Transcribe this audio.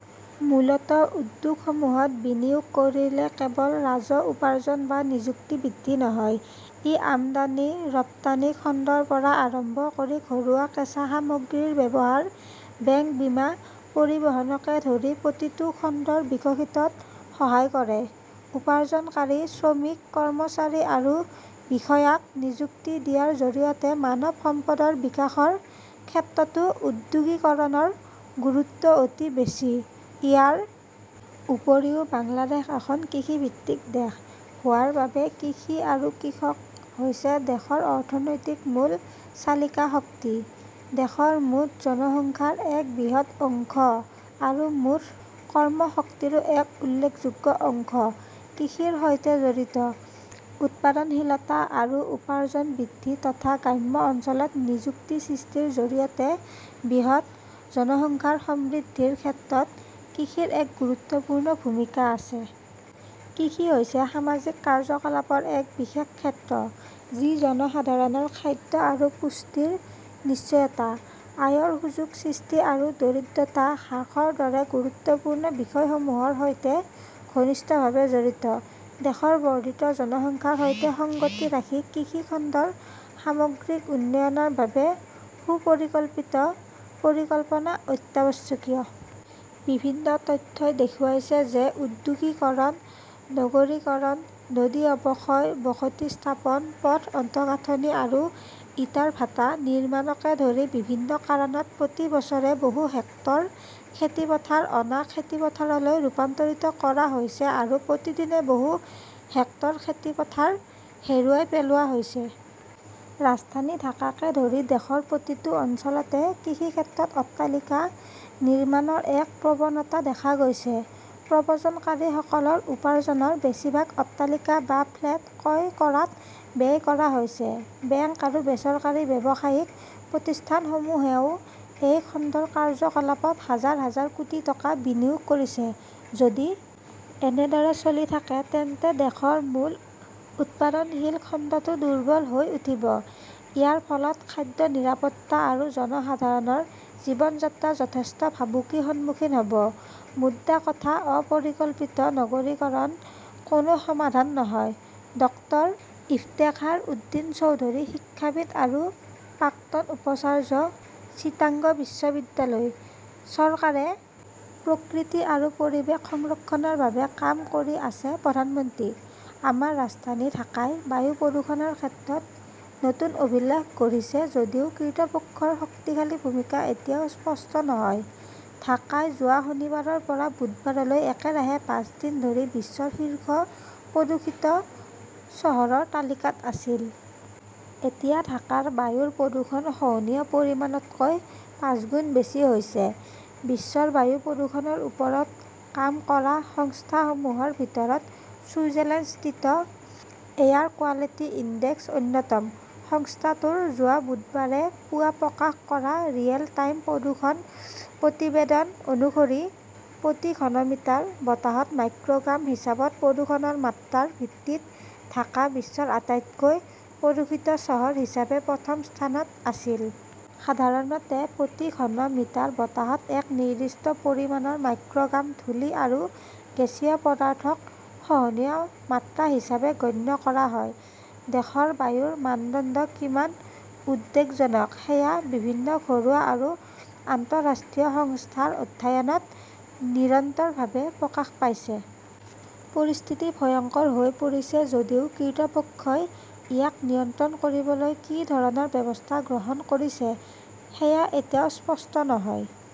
মূলতঃ উদ্যোগসমূহত বিনিয়োগ কৰিলে কেৱল ৰাজহ উপাৰ্জন বা নিযুক্তি বৃদ্ধি নহয়, ই আমদানি ৰপ্তানি খণ্ডৰ পৰা আৰম্ভ কৰি ঘৰুৱা কেঁচা সামগ্ৰীৰ ব্যৱহাৰ, বেংক বীমা, পৰিবহণকে ধৰি প্ৰতিটো খণ্ডৰ বিকশিতত সহায় কৰে। উপাৰ্জনকাৰী শ্ৰমিক, কৰ্মচাৰী আৰু বিষয়াক নিযুক্তি দিয়াৰ জৰিয়তে মানৱ সম্পদৰ বিকাশৰ ক্ষেত্ৰতো ঔদ্যোগিকৰণৰ গুৰুত্ব অতি বেছি। ইয়াৰ উপৰিও বাংলাদেশ এখন কৃষিভিত্তিক দেশ হোৱাৰ বাবে কৃষি আৰু কৃষক হৈছে দেশৰ অৰ্থনৈতিক মূল চালিকা শক্তি। দেশৰ মুঠ জনসংখ্যাৰ এক বৃহৎ অংশ আৰু মুঠ কৰ্মশক্তিৰো এক উল্লেখযোগ্য অংশ কৃষিৰ সৈতে জড়িত। উৎপাদনশীলতা আৰু উপাৰ্জন বৃদ্ধি তথা গ্ৰাম্য অঞ্চলত নিযুক্তি সৃষ্টিৰ জৰিয়তে বৃহৎ জনসংখ্যাৰ সমৃদ্ধিৰ ক্ষেত্ৰত কৃষিৰ এক গুৰুত্বপূৰ্ণ ভূমিকা আছে। কৃষি হৈছে সামাজিক কাৰ্যকলাপৰ এক বিশেষ ক্ষেত্ৰ, যি জনসাধাৰণৰ খাদ্য আৰু পুষ্টিৰ নিশ্চয়তা, আয়ৰ সুযোগ সৃষ্টি আৰু দৰিদ্ৰতা হ্ৰাসৰ দৰে গুৰুত্বপূৰ্ণ বিষয়সমূহৰ সৈতে ঘনিষ্ঠভাৱে জড়িত। দেশৰ বৰ্ধিত জনসংখ্যাৰ সৈতে সংগতি ৰাখি কৃষি খণ্ডৰ সামগ্ৰিক উন্নয়নৰ বাবে সুপৰিকল্পিত পৰিকল্পনা অত্যাৱশ্যকীয়। বিভিন্ন তথ্যই দেখুৱাইছে যে ঔদ্যোগিকৰণ, নগৰীকৰণ, নদী অৱক্ষয়, বসতি স্থাপন, পথ অন্তঃগাঁথনি আৰু ইটাৰ ভাটা নিৰ্মাণকে ধৰি বিভিন্ন কাৰণত প্ৰতি বছৰে বহু হেক্টৰ খেতিপথাৰ অনা খেতিপথাৰলৈ ৰূপান্তৰিত কৰা হৈছে আৰু প্ৰতিদিনে বহু হেক্টৰ খেতিপথাৰ হেৰুৱাই পেলোৱা হৈছে। ৰাজধানী ঢাকাকে ধৰি দেশৰ প্ৰতিটো অঞ্চলতে কৃষিক্ষেত্ৰত অট্টালিকা নিৰ্মাণৰ এক প্ৰৱণতা দেখা গৈছে। প্ৰব্ৰজনকাৰীসকলৰ উপাৰ্জনৰ বেছিভাগ অট্টালিকা বা ফ্লেট ক্ৰয় কৰাত ব্যয় কৰা হৈছে। বেংক আৰু বেচৰকাৰী ব্যৱসায়িক প্ৰতিষ্ঠানসমূহেও এই খণ্ডৰ কাৰ্যকলাপত হাজাৰ হাজাৰ কোটি টকা বিনিয়োগ কৰিছে। যদি এনেদৰে চলি থাকে, তেন্তে দেশৰ মূল উৎপাদনশীল খণ্ডটো দুৰ্বল হৈ উঠিব। ইয়াৰ ফলত খাদ্য নিৰাপত্তা আৰু জনসাধাৰণৰ জীৱনযাত্ৰা যথেষ্ট ভাবুকিৰ সন্মুখীন হ'ব। মোদ্দা কথা, অপৰিকল্পিত নগৰীকৰণ কোনো সমাধান নহয়। ডক্টৰ ইফতেখাৰ উদ্দিন চৌধুৰী, শিক্ষাবিদ আৰু প্ৰাক্তন উপাচাৰ্য, চিটাঙগ বিশ্ববিদ্যালয়। চৰকাৰে প্ৰকৃতি আৰু পৰিৱেশ সংৰক্ষণৰ বাবে কাম কৰি আছে, প্ৰধানমন্ত্ৰী। আমাৰ ৰাজধানী ঢাকাই বায়ু প্ৰদূষণৰ ক্ষেত্ৰত নতুন অভিলেখ গঢ়িছে যদিও কৃৰ্তপক্ষৰ শক্তিশালী ভূমিকা এতিয়াও স্পষ্ট নহয়। ঢাকাই যোৱা শনিবাৰৰ পৰা বুধবাৰলৈ একেৰাহে পাঁচ দিন ধৰি বিশ্বৰ শীৰ্ষ প্ৰদূষিত চহৰৰ তালিকাত আছিল। এতিয়া ঢাকাৰ বায়ুৰ প্ৰদূষণ সহনীয় পৰিমাণতকৈ পাঁচগুণ বেছি হৈছে। বিশ্বৰ বায়ু প্ৰদূষণৰ ওপৰত কাম কৰা সংস্থাসমূহৰ ভিতৰত ছুইজাৰলেণ্ডস্থিত এয়াৰ কোৱালিটি ইনডেক্স অন্যতম। সংস্থাটোৰ যোৱা বুধবাৰে পুৱা প্ৰকাশ কৰা ৰিয়েল টাইম প্ৰদূষণ প্ৰতিবেদন অনুসৰি, প্ৰতি ঘন মিটাৰ বতাহত মাইক্ৰ'গ্ৰাম হিচাপত প্ৰদূষণৰ মাত্ৰাৰ ভিত্তিত ঢাকা বিশ্বৰ আটাইতকৈ প্ৰদূষিত চহৰ হিচাপে প্ৰথম স্থানত আছিল। সাধাৰণতে প্ৰতি ঘন মিটাৰ বতাহত এক নিৰ্দিষ্ট পৰিমাণৰ মাইক্ৰ'গ্ৰাম ধূলি আৰু গেছীয় পদাৰ্থক সহনীয় মাত্ৰা হিচাপে গণ্য কৰা হয়। দেশৰ বায়ুৰ মানদণ্ড কিমান উদ্বেগজনক, সেয়া বিভিন্ন ঘৰুৱা আৰু আন্তঃৰাষ্ট্ৰীয় সংস্থাৰ অধ্যয়নত নিৰন্তৰভাৱে প্ৰকাশ পাইছে। পৰিস্থিতি ভয়ংকৰ হৈ পৰিছে যদিও কৃৰ্তপক্ষই ইয়াক নিয়ন্ত্ৰণ কৰিবলৈ কি ধৰণৰ ব্যৱস্থা গ্ৰহণ কৰিছে, সেয়া এতিয়াও স্পষ্ট নহয়।